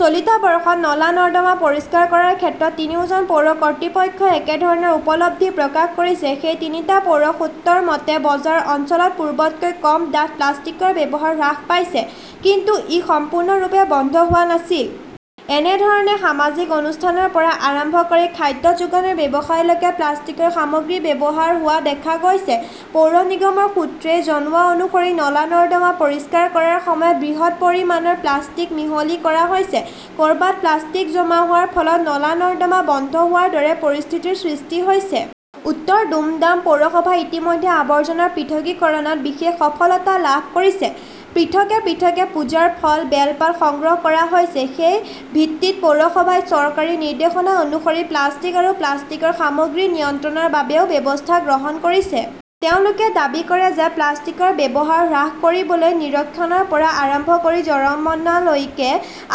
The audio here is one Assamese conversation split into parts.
চলিত বৰ্ষত নলা-নৰ্দমা পৰিষ্কাৰ কৰাৰ ক্ষেত্ৰত তিনিওজন পৌৰ কৰ্তৃপক্ষই একেধৰণৰ উপলব্ধি প্ৰকাশ কৰিছে। সেই তিনিটা পৌৰ সূত্ৰৰ মতে, বজাৰ অঞ্চলত পূৰ্বতকৈ কম ডাঠ প্লাষ্টিকৰ ব্যৱহাৰ হ্ৰাস পাইছে। কিন্তু ই সম্পূৰ্ণৰূপে বন্ধ হোৱা নাছিল। একে ধৰণে সামাজিক অনুষ্ঠানৰ পৰা আৰম্ভ কৰি খাদ্য যোগানৰ ব্যৱসায়লৈকে প্লাষ্টিকৰ সামগ্ৰীৰ ব্যৱহাৰ হোৱা দেখা গৈছে। পৌৰ নিগমৰ সূত্ৰই জনোৱা অনুসৰি নলা-নৰ্দমা পৰিষ্কাৰ কৰাৰ সময়ত বৃহৎ পৰিমাণৰ প্লাষ্টিক মিহলি কৰা হৈছে। ক'ৰবাত প্লাষ্টিক জমা হোৱাৰ ফলত নলা-নৰ্দমা বন্ধ হোৱাৰ দৰে পৰিস্থিতিৰ সৃষ্টি হৈছে। উত্তৰ দুমডাম পৌৰসভাই ইতিমধ্যে আৱৰ্জনা পৃথকীকৰণত বিশেষ সফলতা লাভ কৰিছে। পৃথকে পৃথকে পূজাৰ ফুল, বেলপাত সংগ্ৰহ কৰা হৈছে। সেই ভিত্তিত পৌৰসভাই চৰকাৰী নিৰ্দেশনা অনুসৰি প্লাষ্টিক আৰু প্লাষ্টিকৰ সামগ্ৰী নিয়ন্ত্ৰণৰ বাবেও ব্যৱস্থা গ্ৰহণ কৰিছে। তেওঁলোকে দাবী কৰে যে প্লাষ্টিকৰ ব্যৱহাৰ হ্ৰাস কৰিবলৈ নিৰীক্ষণৰ পৰা আৰম্ভ কৰি জৰিমনালৈকে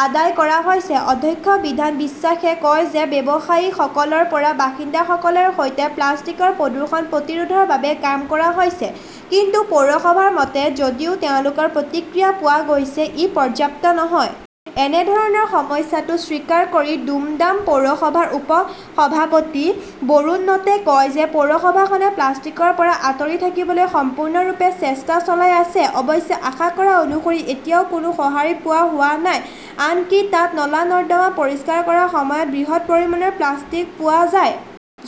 আদায় কৰা হৈছে। অধ্যক্ষ বিধান বিশ্বাসে কয় যে ব্যৱসায়ীসকলৰ পৰা বাসিন্দাসকলৰ সৈতে প্লাষ্টিকৰ প্ৰদূষণ প্ৰতিৰোধৰ বাবে কাম কৰা হৈছে। কিন্তু পৌৰসভাৰ মতে, যদিও তেওঁলোকৰ প্ৰতিক্ৰিয়া পোৱা গৈছে, ই পৰ্যাপ্ত নহয়। একেধৰণে সমস্যাটো স্বীকাৰ কৰি দুমডাম পৌৰসভাৰ উপ-সভাপতি বৰুণ নটে কয় যে পৌৰসভাখনে প্লাষ্টিকৰ পৰা আঁতৰি থাকিবলৈ সম্পূৰ্ণৰূপে চেষ্টা চলাই আছে। অৱশ্যে, আশা কৰা অনুসৰি এতিয়াও কোনো সঁহাৰি পোৱা হোৱা নাই। আনকি তাত নলা-নৰ্দমা পৰিষ্কাৰ কৰাৰ সময়ত বৃহৎ পৰিমাণৰ প্লাষ্টিক পোৱা যায়।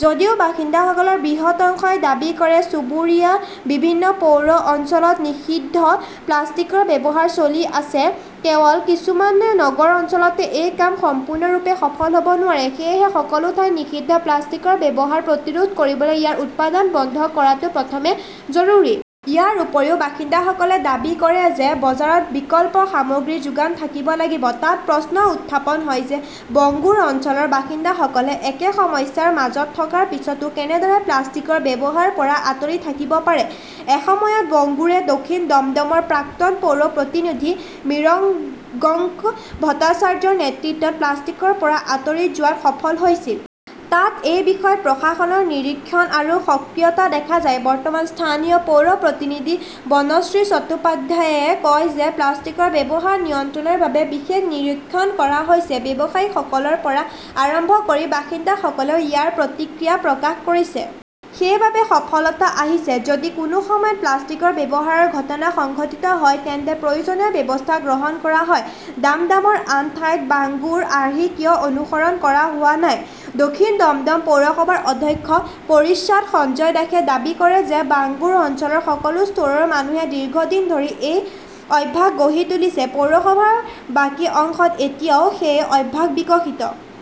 যদিও বাসিন্দাসকলৰ বৃহৎ অংশই দাবী কৰে, চুবুৰীয়া বিভিন্ন পৌৰ অঞ্চলত নিষিদ্ধ প্লাষ্টিকৰ ব্যৱহাৰ চলি আছে। কেৱল কিছুমান নগৰ অঞ্চলতহে এই কাম সম্পূৰ্ণৰূপে সফল হ'ব নোৱাৰে। সেয়েহে সকলো ঠাইতে নিষিদ্ধ প্লাষ্টিকৰ ব্যৱহাৰ প্ৰতিৰোধ কৰিবলৈ ইয়াৰ উৎপাদন বন্ধ কৰাটো প্ৰথমে জৰুৰী। ইয়াৰ উপৰিও, বাসিন্দাসকলে দাবী কৰে যে বজাৰত বিকল্প সামগ্ৰীৰ যোগান থাকিব লাগিব। তাত প্ৰশ্ন উত্থাপন হয় যে বংগুৰ অঞ্চলৰ বাসিন্দাসকলে একে সমস্যাৰ মাজত থকাৰ পিছতো কেনেদৰে প্লাষ্টিকৰ ব্যৱহাৰৰ পৰা আঁতৰি থাকিব পাৰে? এসময়ত, বংগুৰে দক্ষিণ দমদমৰ প্ৰাক্তন পৌৰ প্ৰতিনিধি মিৰগংক ভট্টাচাৰ্যৰ নেতৃত্বত প্লাষ্টিকৰ পৰা আঁতৰি যোৱাত সফল হৈছিল। তাত এই বিষয়ত প্ৰশাসনৰ নিৰীক্ষণ আৰু সক্ৰিয়তা দেখা যায়। বৰ্তমান স্থানীয় পৌৰ প্ৰতিনিধি বনশ্ৰী চট্টোপাধ্যায়ই কয় যে প্লাষ্টিকৰ ব্যৱহাৰ নিয়ন্ত্ৰণৰ বাবে বিশেষ নিৰীক্ষণ কৰা হৈছে। ব্যৱসায়ীসকলৰ পৰা আৰম্ভ কৰি বাসিন্দাসকলেও ইয়াৰ প্ৰতিক্ৰিয়া প্ৰকাশ কৰিছে। সেইবাবেই সফলতা আহিছে। যদি কোনো সময়ত প্লাষ্টিকৰ ব্যৱহাৰৰ ঘটনা সংঘটিত হয় তেন্তে প্ৰয়োজনীয় ব্যৱস্থা গ্ৰহণ কৰা হয়। ডামডামৰ আন ঠাইত বাংগুৰ আৰ্হি কিয় অনুসৰণ কৰা হোৱা নাই? দক্ষিণ দমদম পৌৰসভাৰ অধ্যক্ষ পৰিশ্বাদ সঞ্জয় দাসে দাবী কৰে যে বাংগুৰ অঞ্চলৰ সকলো স্তৰৰ মানুহে দীৰ্ঘদিন ধৰি এই অভ্যাস গঢ়ি তুলিছে। পৌৰসভাৰ বাকী অংশত এতিয়াও সেই অভ্যাস বিকশিত।